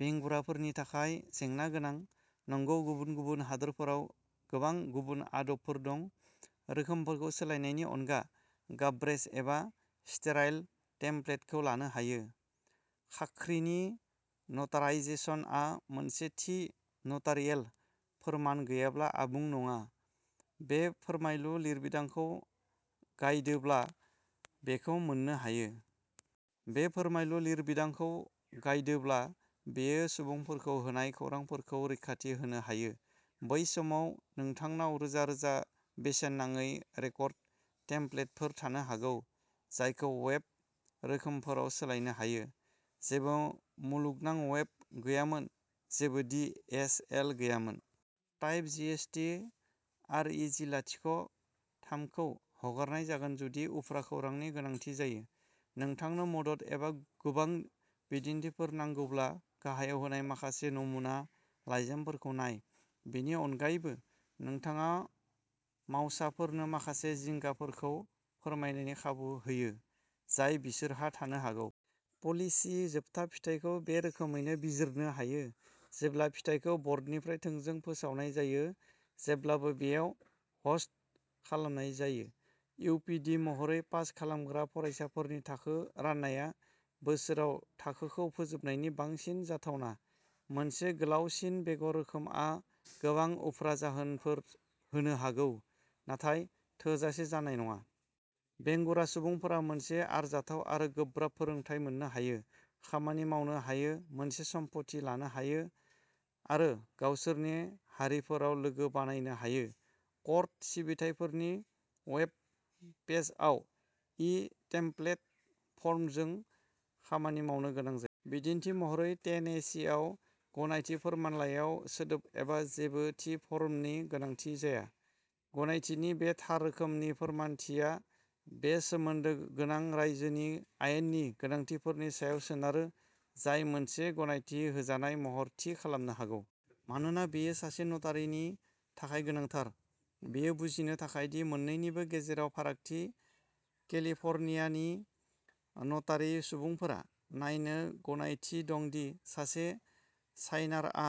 बेंगुराफोरनि थाखाय जेंना गोनां। नंगौ गुबुन गुबुन हादोरफोराव गोबां गुबुन आदबफोर दं। रोखोमफोरखौ सोलायनायनि अनगा गार्बेज एबा स्टेराइल टेमप्लेटखौ लानो हायो। खाख्रिनि नटाराइजेसनआ मोनसे थि नटारियेल फोरमान गैयाब्ला आबुं नङा। बे फोरमायलु लिरबिदांखौ गायदोब्ला बेखौ मोननो हायो। बे फोरमायलु लिरबिदांखौ गायदोब्ला बेयो सुबुंफोरखौ होनाय खौरांफोरखौ रैखाथि होनो हायो। बै समाव नोंथांनाव रोजा रोजा बेसेन नाङै रेकर्ड टेमप्लेटफोर थानो हागौ जायखौ वेब रोखोमफोराव सोलायनो हायो। जेबो मुलुगनां वेब गैयामोन, जेबो डि एस एल गैयामोन। टाइप जिएसटि आरइजि लाथिख’ थामखौ हगारनाय जागोन जुदि उफ्रा खौरांनि गोनांथि जायो। नोंथांनो मदद एबा गोबां बिदिन्थिफोर नांगौब्ला गाहायाव होनाय माखासे नमुना लाइजामफोरखौ नाय। बेनि अनगायैबो, नोंथाङा मावसाफोरनो माखासे जिंगाफोरखौ फोरमायनायनि खाबु होयो, जाय बिसोरहा थानो हागौ। पलिसि जोबथा फिथायखौ बे रोखोमैनो बिजिरनो हायो, जेब्ला फिथाइखौ बर्डनिफ्राय थोंजों फोसावनाय जायो, जेब्लाबो बेयाव ह'स्ट खालामनाय जायो। इउ पि डि महरै, पास खालामग्रा फरायसाफोरनि थाखो राननाया बोसोराव थाखोखौ फोजोबनायनि बांसिन जाथावना। मोनसे गोलावसिन बेगर रोखोमआ गोबां उफ्रा जाहोनफोर होनो हागौ, नाथाय थोजासे जानाय नङा। बेंगुरा सुबुंफोरा मोनसे आरजाथाव आरो गोब्राब फोरोंथाय मोननो हायो, खामानि मावनो हायो, मोनसे सम्पथि लानो हायो, आरो गावसोरनि हारिफोराव लोगो बानायनो हायो। कर्ट सिबिथाइफोरनि वेब पेजआव इ टेमप्लेट फर्मजों खामानि मावनो गोनां जायो। बिदिन्थि महरै, टेनेसीआव गनायथि फोरमानलाइयाव सोदोब एबा जेबो थि फर्मनि गोनांथि जाया। गनायथिनि बे थार रोखोमनि फोरमानथिया बे सोमोन्दो गोनां रायजोनि आयेननि गोनांथिफोरनि सायाव सोनारो, जाय मोनसे गनायथि होजानाय महर थि खालामनो हागौ। मानोना बेयो सासे नटारीनि थाखाय गोनांथार। बेखौ बुजिनो थाखाय दि मोननैनिबो गेजेराव फारागथि, केलिफर्नियानि नटारि सुबुंफोरा नायनो गनायथि दं दि सासे साइनारआ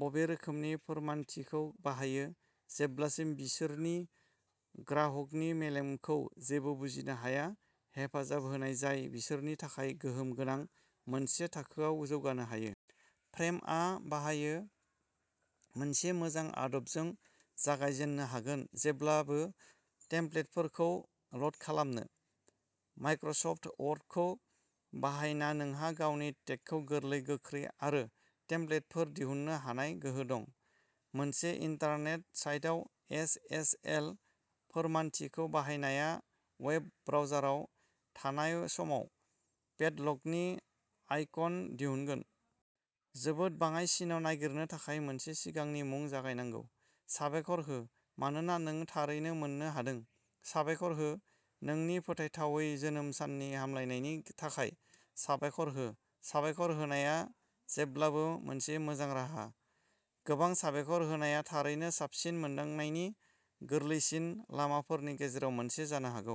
बबे रोखोमनि फोरमानथिखौ बाहायो। जेब्लासिम बिसोरनि ग्राहकनि मेलेमखौ जेबो बुजिनो हाया, हेफाजाब होनाय जाय बिसोरनि थाखाय गोहोम गोनां, मोनसे थाखोआव जौगानो हायो। फ्रेमआ बाहायो। मोनसे मोजां आदबजों जागायजेननो हागोन, जेब्लाबो टेमप्लेटफोरखौ ल'ड खालामनो। माइक्र'सफ्ट वर्डखौ बाहायना, नोंहा गावनि टेगखौ गोरलै, गोख्रै आरो टेमप्लेटफोर दिहुननो हानाय गोहो दं। मोनसे इन्टारनेट साइटआव एस एस एल फोरमानथिखौ बाहायनाया वेब ब्राउजाराव थानाय समाव पेड लकनि आइकन दिहुनगोन। जोबोद बाङाइसिनाव नागिरनो थाखाय मोनसे सिगांनि मुं जगायनांगौ। साबायखर हो, मानोना नों थारैनो मोननो हादों। साबायखर हो। नोंनि फोथायथावै जोनोम साननि हामलायनायनि थाखाय साबायखर हो साबायखर होनाया जेब्लाबो मोनसे मोजां राहा। गोबां साबायखर होनाया थारैनो साबसिन मोनदांनायनि गोरलैसिन लामाफोरनि गेजेराव मोनसे जानो हागौ।